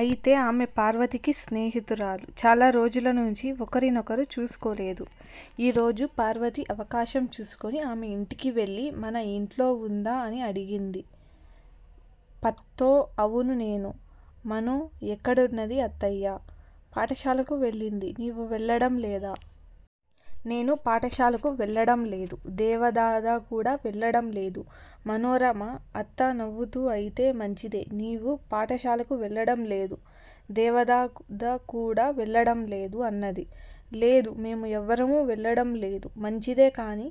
అయితే ఆమె పార్వతికి స్నేహితురాలు చాలా రోజులనుంచి ఒకరి నొకరు చూసుకోలేదు. ఈ రోజు, పార్వతి అవకాశం చూసుకొని ఆమె ఇంటికి వెళ్ళి మన ఇంట్లో వుందా? అని అడిగింది. పత్తో! అవును నేనే. మనో ఎక్కడున్నది అత్తయ్యా? పాఠశాలకు వెళ్ళింది నీవు వెళ్ళడం లేదా? నేను పాఠశాలకు వెళ్ళడంలేదు. దేవదాదా కూడా వెళ్ళడం లేదు. మనోరమ అత్త నవ్వుతూ అయితే మంచిదే! నీవూ పాఠ శాలకు వెళ్ళడంలేదు. దేవదాదా కూడా వెళ్ళడంలేదు అన్నది. లేదు, మేము ఎవ్వరమూ వెళ్ళడంలేదు. మంచిదే, కాని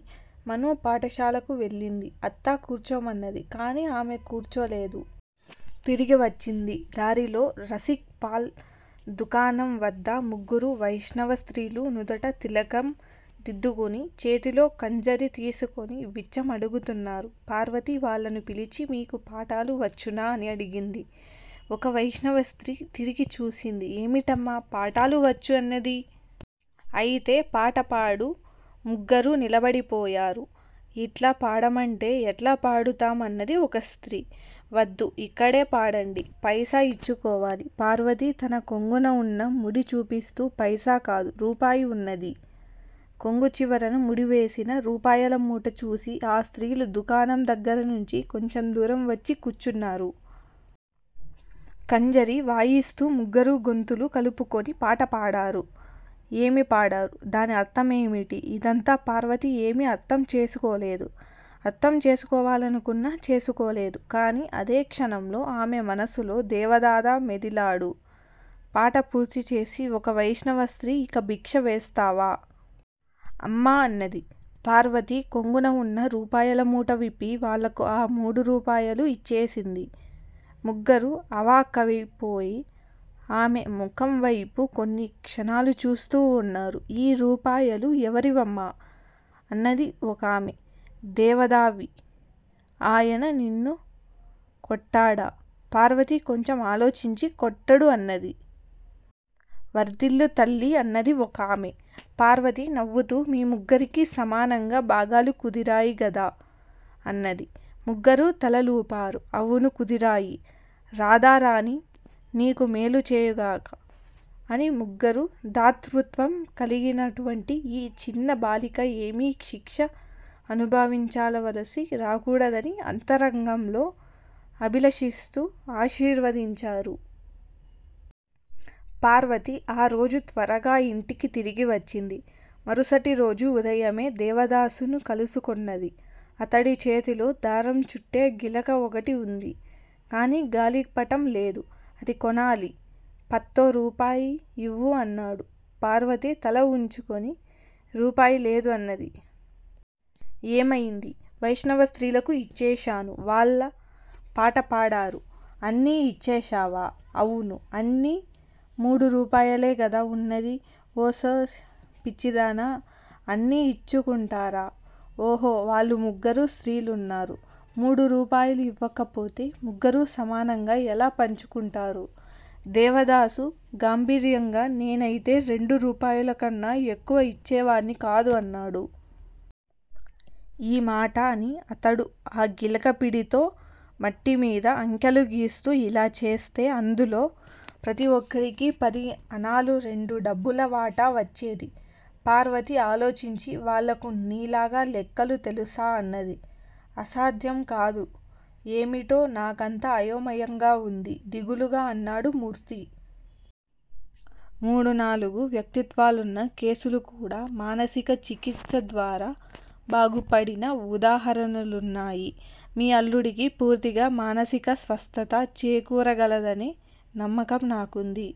మనో పాఠశాలకు వెళ్ళింది. అత్త కూర్చోమన్నది. కాని ఆమె కూర్చోలేదు. తిరిగి వచ్చింది. దారిలో రసిక్ పాల్ దుకాణం వద్ద ముగ్గురు వైష్ణవ స్త్రీలు నుదుట తిలకం దిద్దుకుని, చేతిలో ఖంజరి తీసికొని బిచ్చం అడుగుతున్నారు. పార్వతి వాళ్ళను పిలిచి మీకు పాటలు వచ్చునా? అని అడిగింది. ఒక వైష్ణవ స్త్రీ తిరిగి చూసింది ఏమిటమ్మా, పాటలు వచ్చు అన్నది. అయితే పాట పాడు! ముగ్గరూ నిలబడిపోయారు! ఇట్లా పాడమంటే ఎట్లా పాడతాము అన్నది ఒక స్త్రీ. వద్దు, ఇక్కడే పాడండి! పైసా ఇచ్చుకోవాలి! పార్వతి తన కొంగున ఉన్న ముడి చూపిస్తూ పైసా కాదు, రూపాయి వున్నది. కొంగు చివర ను ముడివేసిన రూపాయల మూట చూసి ఆ స్త్రీలు దుకాణం దగ్గర నుంచి కొంచెం దూరం వచ్చి కూర్చున్నారు. ఖంజరి వాయిస్తూ ముగ్గరూ గొంతులు కలుపుకొని పాట పాడారు. ఏమి పాడారు, దాని అర్ధమేమిటీ, ఇదంతా పార్వతి ఏమీ అర్ధం చేసుకోలేదు. అర్ధం చేసుకోవాలనుకున్నా చేసుకోలేదు. కాని అదే క్షణంలో ఆమె మనసులో దేవదాదా మెదిలాడు. పాట పూర్తిచేసి ఒక వైష్ణవ స్త్రీ ఇక భిక్ష వేస్తావా! అమ్మా! అన్నది. పార్వతి కొంగున ఉన్న రూపాయల మూట విప్పి వాళ్ళకు ఆ మూడు రూపాయలూ ఇచ్చేసింది. ముగ్గురూ అవాక్కయిపోయి ఆమె ముఖం వైపు కొన్ని క్షణాలు చూస్తూ వున్నారు. ఈ రూపాయలు ఎవరివమ్మా? అన్నది ఒకామె. దేవదాదావి. ఆయన నిన్ను కొట్టడా? పార్వతి కొంచెం ఆలోచించి కొట్టడు అన్నది. వర్ధిల్లు తల్లీ అన్నది ఒకామె. పార్వతి నవ్వుతూ మీ ముగ్గరికీ సమానంగా బాగాలు కుదిరాయి గదా! అన్నది. ముగ్గురూ తల లూపారు. అవును కుదిరాయి. రాధారాణి నీకు మేలు చేయుగాక! అని ముగ్గురూ దాతృత్వం కలిగినటువంటి ఈ చిన్న బాలిక ఏమీ శిక్ష అనుభవించవలసి రాకూడదని అంతరంగంలో అభిలషిస్తూ ఆశీర్వదించారు. పార్వతి ఆ రోజు త్వరగా ఇంటికి తిరిగి వచ్చింది. మరుసటి రోజు ఉదయమే దేవదాసును కలుసుకొన్నది. అతడి చేతిలో దారం చుట్టే గిలక ఒకటి వుంది. కాని గాలిపటం లేదు. అది కొనాలి. పత్తో, రూపాయి ఇవ్వు. అన్నాడు. పార్వతి తల వంచుకొని రూపాయి లేదు అన్నది. ఏమయింది? వైష్ణవ స్త్రీలకు ఇచ్చేశాను. వాళ్ళు పాట పాడారు. అన్నీ ఇచ్చేశావా? అవును, అన్ని మూడు రూపాయలే గదా వున్నది? ఓసి పిచ్చిదానా, అన్నీ ఇచ్చుకుంటారా? ఓహో! వాళ్ళు ముగ్గురు స్త్రీలున్నారు. మూడు రూపాయలు ఇవ్వకపోతే ముగ్గరూ సమానంగా ఎలా పంచుకుంటారు? దేవదాసు గాంభీర్యంగా నేనయితే రెండు రూపాయలు కన్నా ఎక్కువ ఇచ్చేవాణ్ని కాదు-అన్నాడు. ఈ మాట అని అతడు ఆ గిలక పిడితో మట్టిమీద అంకెలు గీస్తూ ఇలా చేస్తే అందులో ప్రతి ఒక్కరికీ పది అణాలు రెండు డబ్బుల వాటా వచ్చేది. పార్వతి ఆలోచించి వాళ్ళకు నీలాగా లెక్కలు తెలుసా? అన్నది. అసాధ్యంకాదు. ఏమిటో నాకంతా అయోమయంగా వుంది దిగులుగా అన్నాడు మూర్తి. మూడు నాలుగు వ్యక్తిత్వాలున్న కేసులుకూడా, మానసిక చికిత్స ద్వారా బాగుపడిన ఉదాహరణలున్నాయి. మీ అల్లుడికి పూర్తిగా మానసిక స్వస్థత చేకూరగలదనే నమ్మకం నాకుంది.